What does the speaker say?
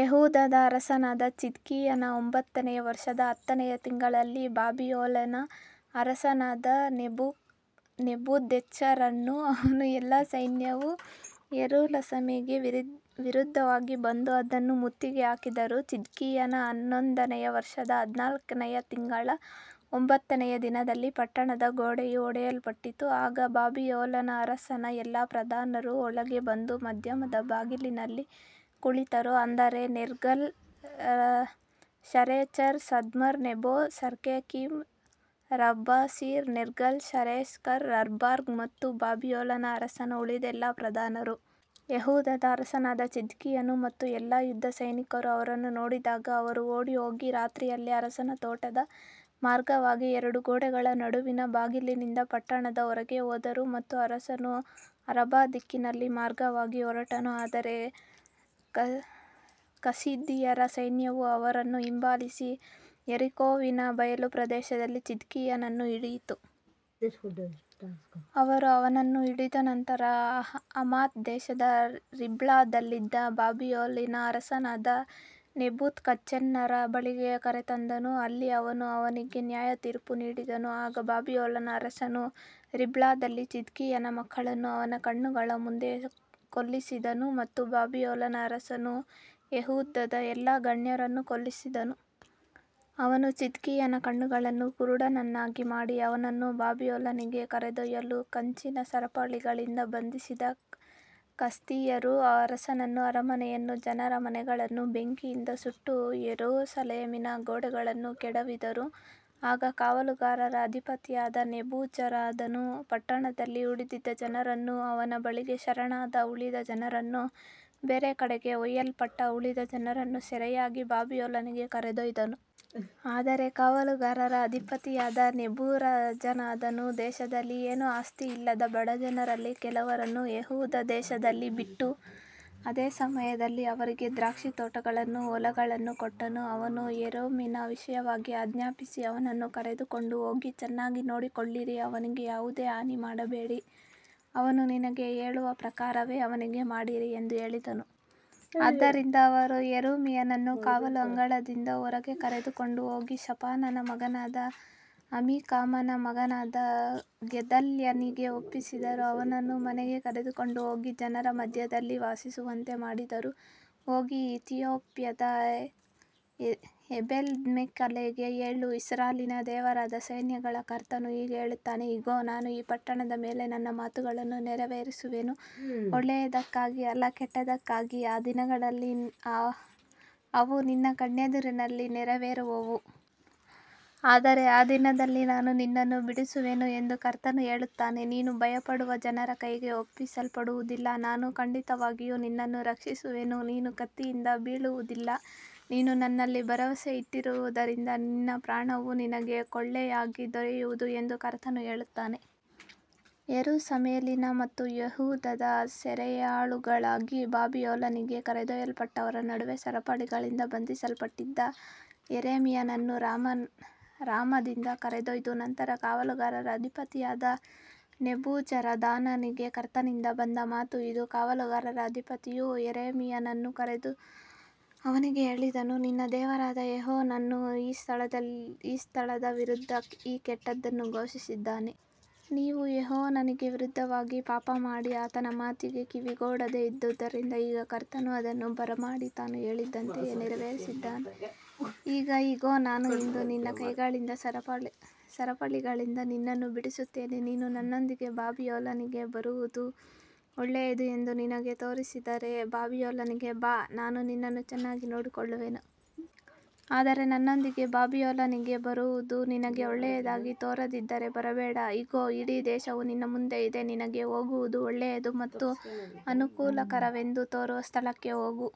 ಯೆಹೂದದ ಅರಸನಾದ ಚಿದ್ಕೀಯನ ಒಂಬತ್ತನೆಯ ವರ್ಷದ ಹತ್ತನೆಯ ತಿಂಗಳಲ್ಲಿ ಬಾಬಿಲೋನಿನ ಅರಸನಾದ ನೆಬೂಕದ್ನೆಚ್ಚರನೂ ಅವನ ಎಲ್ಲಾ ಸೈನ್ಯವೂ ಯೆರೂಸಲೇಮಿಗೆ ವಿರುದ್ಧವಾಗಿ ಬಂದು ಅದನ್ನು ಮುತ್ತಿಗೆ ಹಾಕಿದರು. ಚಿದ್ಕೀಯನ ಹನ್ನೊಂದನೆಯ ವರ್ಷದ ನಾಲ್ಕನೆಯ ತಿಂಗಳ ಒಂಬತ್ತನೆಯ ದಿನದಲ್ಲಿ ಪಟ್ಟಣದ ಗೋಡೆಯು ಒಡೆಯಲ್ಪಟ್ಟಿತು. ಆಗ ಬಾಬಿಲೋನಿನ ಅರಸನ ಎಲ್ಲಾ ಪ್ರಧಾನರು ಒಳಗೆ ಬಂದು ಮಧ್ಯದ ಬಾಗಿಲಿನಲ್ಲಿ ಕುಳಿತರು, ಅಂದರೆ Nergal Sharezer, Samgar Nebo, Sarsechim, Rabsaris, Nergal Sharezer, Rabmag ಮತ್ತು ಬಾಬಿಲೋನಿನ ಅರಸನ ಉಳಿದ ಎಲ್ಲಾ ಪ್ರಧಾನರು. ಯೆಹೂದದ ಅರಸನಾದ ಚಿದ್ಕೀಯನು ಮತ್ತು ಎಲ್ಲಾ ಯುದ್ಧಸೈನಿಕರು ಅವರನ್ನು ನೋಡಿದಾಗ ಅವರು ಓಡಿಹೋಗಿ, ರಾತ್ರಿಯಲ್ಲಿ ಅರಸನ ತೋಟದ ಮಾರ್ಗವಾಗಿ, ಎರಡು ಗೋಡೆಗಳ ನಡುವಿನ ಬಾಗಿಲಿನಿಂದ ಪಟ್ಟಣದ ಹೊರಗೆ ಹೋದರು ಮತ್ತು ಅರಸನು ಅರಬಾ ದಿಕ್ಕಿನ ಮಾರ್ಗವಾಗಿ ಹೊರಟನು. ಆದರೆ ಕಸ್ದೀಯರ ಸೈನ್ಯವು ಅವರನ್ನು ಹಿಂಬಾಲಿಸಿ, ಯೆರಿಕೋವಿನ ಬಯಲು ಪ್ರದೇಶದಲ್ಲಿ ಚಿದ್ಕೀಯನನ್ನು ಹಿಡಿಯಿತು. ಅವರು ಅವನನ್ನು ಹಿಡಿದ ನಂತರ ಹಮಾತ್ ದೇಶದ ರಿಬ್ಲಾದಲ್ಲಿದ್ದ ಬಾಬಿಲೋನಿನ ಅರಸನಾದ ನೆಬೂಕದ್ನೆಚ್ಚರನ ಬಳಿಗೆ ಕರೆತಂದರು, ಅಲ್ಲಿ ಅವನು ಅವನಿಗೆ ನ್ಯಾಯತೀರ್ಪು ನೀಡಿದನು. ಆಗ ಬಾಬಿಲೋನಿನ ಅರಸನು ರಿಬ್ಲಾದಲ್ಲಿ ಚಿದ್ಕೀಯನ ಮಕ್ಕಳನ್ನು ಅವನ ಕಣ್ಣುಗಳ ಮುಂದೆ ಕೊಲ್ಲಿಸಿದನು ಮತ್ತು ಬಾಬಿಲೋನಿನ ಅರಸನು ಯೆಹೂದದ ಎಲ್ಲಾ ಗಣ್ಯರನ್ನೂ ಕೊಲ್ಲಿಸಿದನು. ಅವನು ಚಿದ್ಕೀಯನ ಕಣ್ಣುಗಳನ್ನು ಕುರುಡನನ್ನಾಗಿ ಮಾಡಿ, ಅವನನ್ನು ಬಾಬಿಲೋನಿಗೆ ಕರೆದೊಯ್ಯಲು ಕಂಚಿನ ಸರಪಳಿಗಳಿಂದ ಬಂಧಿಸಿದನು. ಕಸ್ದೀಯರು ಅರಸನ ಅರಮನೆಯನ್ನೂ ಜನರ ಮನೆಗಳನ್ನೂ ಬೆಂಕಿಯಿಂದ ಸುಟ್ಟು, ಯೆರೂಸಲೇಮಿನ ಗೋಡೆಗಳನ್ನು ಕೆಡವಿದರು. ಆಗ ಕಾವಲುಗಾರರ ಅಧಿಪತಿಯಾದ ನೆಬೂಜರದಾನನು ಪಟ್ಟಣದಲ್ಲಿ ಉಳಿದಿದ್ದ ಜನರನ್ನೂ, ಅವನ ಬಳಿಗೆ ಶರಣಾದ ಉಳಿದ ಜನರನ್ನೂ, ಬೇರೆ ಕಡೆಗೆ ಒಯ್ಯಲ್ಪಟ್ಟ ಉಳಿದ ಜನರನ್ನೂ ಸೆರೆಯಾಗಿ ಬಾಬಿಲೋನಿಗೆ ಕರೆದೊಯ್ದನು. ಆದರೆ ಕಾವಲುಗಾರರ ಅಧಿಪತಿಯಾದ ನೆಬೂಜರದಾನನು ದೇಶದಲ್ಲಿ ಏನೂ ಆಸ್ತಿಯಿಲ್ಲದ ಬಡ ಜನರಲ್ಲಿ ಕೆಲವರನ್ನು ಯೆಹೂದ ದೇಶದಲ್ಲಿ ಬಿಟ್ಟು, ಅದೇ ಸಮಯದಲ್ಲಿ ಅವರಿಗೆ ದ್ರಾಕ್ಷಿತೋಟಗಳನ್ನೂ ಹೊಲಗಳನ್ನೂ ಕೊಟ್ಟನು. ಅವನು ಯೆರೆಮೀಯನ ವಿಷಯವಾಗಿ ಆಜ್ಞಾಪಿಸಿ, ಅವನನ್ನು ಕರೆದುಕೊಂಡು ಹೋಗಿ ಚೆನ್ನಾಗಿ ನೋಡಿಕೊಳ್ಳಿರಿ, ಅವನಿಗೆ ಯಾವುದೇ ಹಾನಿ ಮಾಡಬೇಡಿ, ಅವನು ನಿನಗೆ ಹೇಳುವ ಪ್ರಕಾರವೇ ಅವನಿಗೆ ಮಾಡಿರಿ ಎಂದು ಹೇಳಿದನು. ಆದ್ದರಿಂದ ಅವರು ಯೆರೆಮೀಯನನ್ನು ಕಾವಲು ಅಂಗಳದಿಂದ ಹೊರಗೆ ಕರೆದುಕೊಂಡು ಹೋಗಿ, ಶಾಫಾನನ ಮಗನಾದ ಅಹೀಕಾಮನ ಮಗನಾದ ಗೆದಲ್ಯನಿಗೆ ಒಪ್ಪಿಸಿದರು, ಅವನನ್ನು ಮನೆಗೆ ಕರೆದುಕೊಂಡು ಹೋಗಿ ಜನರ ಮಧ್ಯದಲ್ಲಿ ವಾಸಿಸುವಂತೆ ಮಾಡಿದರು. ಹೋಗಿ ಇಥಿಯೋಪ್ಯದ ಎಬೆದ್ಮೆಲೆಕನಿಗೆ ಹೇಳು, ಇಸ್ರಾಯೇಲಿನ ದೇವರಾದ ಸೈನ್ಯಗಳ ಕರ್ತನು ಹೀಗೆ ಹೇಳುತ್ತಾನೆ, ಇಗೋ, ನಾನು ಈ ಪಟ್ಟಣದ ಮೇಲೆ ನನ್ನ ಮಾತುಗಳನ್ನು ನೆರವೇರಿಸುವೆನು, ಒಳ್ಳೆಯದಕ್ಕಾಗಿ ಅಲ್ಲ, ಕೆಟ್ಟದ್ದಕ್ಕಾಗಿ, ಆ ದಿನದಲ್ಲಿ ಅವು ನಿನ್ನ ಕಣ್ಣೆದುರಿನಲ್ಲಿ ನೆರವೇರುವವು. ಆದರೆ ಆ ದಿನದಲ್ಲಿ ನಾನು ನಿನ್ನನ್ನು ಬಿಡಿಸುವೆನು ಎಂದು ಕರ್ತನು ಹೇಳುತ್ತಾನೆ, ನೀನು ಭಯಪಡುವ ಜನರ ಕೈಗೆ ಒಪ್ಪಿಸಲ್ಪಡುವುದಿಲ್ಲ. ನಾನು ಖಂಡಿತವಾಗಿಯೂ ನಿನ್ನನ್ನು ರಕ್ಷಿಸುವೆನು, ನೀನು ಕತ್ತಿಯಿಂದ ಬೀಳುವುದಿಲ್ಲ, ನೀನು ನನ್ನಲ್ಲಿ ಭರವಸೆ ಇಟ್ಟಿರುವುದರಿಂದ ನಿನ್ನ ಪ್ರಾಣವು ನಿನಗೆ ಕೊಳ್ಳೆಯಾಗಿ ದೊರೆಯುವುದು ಎಂದು ಕರ್ತನು ಹೇಳುತ್ತಾನೆ. ಯೆರೂಸಲೇಮಿನ ಮತ್ತು ಯೆಹೂದದ ಸೆರೆಯಾಳುಗಳಾಗಿ ಬಾಬಿಲೋನಿಗೆ ಕರೆದೊಯ್ಯಲ್ಪಟ್ಟವರ ನಡುವೆ ಸರಪಳಿಗಳಿಂದ ಬಂಧಿಸಲ್ಪಟ್ಟಿದ್ದ ಯೆರೆಮೀಯನನ್ನು ರಾಮಾದಿಂದ ಕರೆದೊಯ್ದ ನಂತರ, ಕಾವಲುಗಾರರ ಅಧಿಪತಿಯಾದ ನೆಬೂಜರದಾನನಿಗೆ ಕರ್ತನಿಂದ ಬಂದ ಮಾತು ಇದು. ಕಾವಲುಗಾರರ ಅಧಿಪತಿಯು ಯೆರೆಮೀಯನನ್ನು ಕರೆದು ಅವನಿಗೆ ಹೇಳಿದನು, ನಿನ್ನ ದೇವರಾದ ಯೆಹೋವನು ಈ ಸ್ಥಳದ ವಿರುದ್ಧ ಈ ಕೆಟ್ಟದ್ದನ್ನು ಘೋಷಿಸಿದ್ದಾನೆ. ನೀವು ಯೆಹೋವನಿಗೆ ವಿರುದ್ಧವಾಗಿ ಪಾಪಮಾಡಿ, ಆತನ ಮಾತಿಗೆ ಕಿವಿಗೊಡದೆ ಇದ್ದುದರಿಂದ, ಈಗ ಕರ್ತನು ಅದನ್ನು ಬರಮಾಡಿ, ತಾನು ಹೇಳಿದಂತೆಯೇ ನೆರವೇರಿಸಿದ್ದಾನೆ. ಈಗ ಇಗೋ, ನಾನು ಇಂದು ನಿನ್ನ ಕೈಗಳಲ್ಲಿದ್ದ ಸರಪಳಿಗಳಿಂದ ನಿನ್ನನ್ನು ಬಿಡಿಸುತ್ತೇನೆ. ನೀನು ನನ್ನೊಂದಿಗೆ ಬಾಬಿಲೋನಿಗೆ ಬರುವುದು ಒಳ್ಳೆಯದು ಎಂದು ನಿನಗೆ ತೋರಿದರೆ, ಬಾಬಿಲೋನಿಗೆ ಬಾ, ನಾನು ನಿನ್ನನ್ನು ಚೆನ್ನಾಗಿ ನೋಡಿಕೊಳ್ಳುವೆನು. ಆದರೆ ನನ್ನೊಂದಿಗೆ ಬಾಬಿಲೋನಿಗೆ ಬರುವುದು ನಿನಗೆ ಒಳ್ಳೆಯದಾಗಿ ತೋರದಿದ್ದರೆ, ಬರಬೇಡ. ಇಗೋ, ಇಡೀ ದೇಶವು ನಿನ್ನ ಮುಂದೆ ಇದೆ, ನಿನಗೆ ಹೋಗುವುದು ಒಳ್ಳೆಯದು ಮತ್ತು ಅನುಕೂಲಕರವೆಂದು ತೋರುವ ಸ್ಥಳಕ್ಕೆ ಹೋಗು.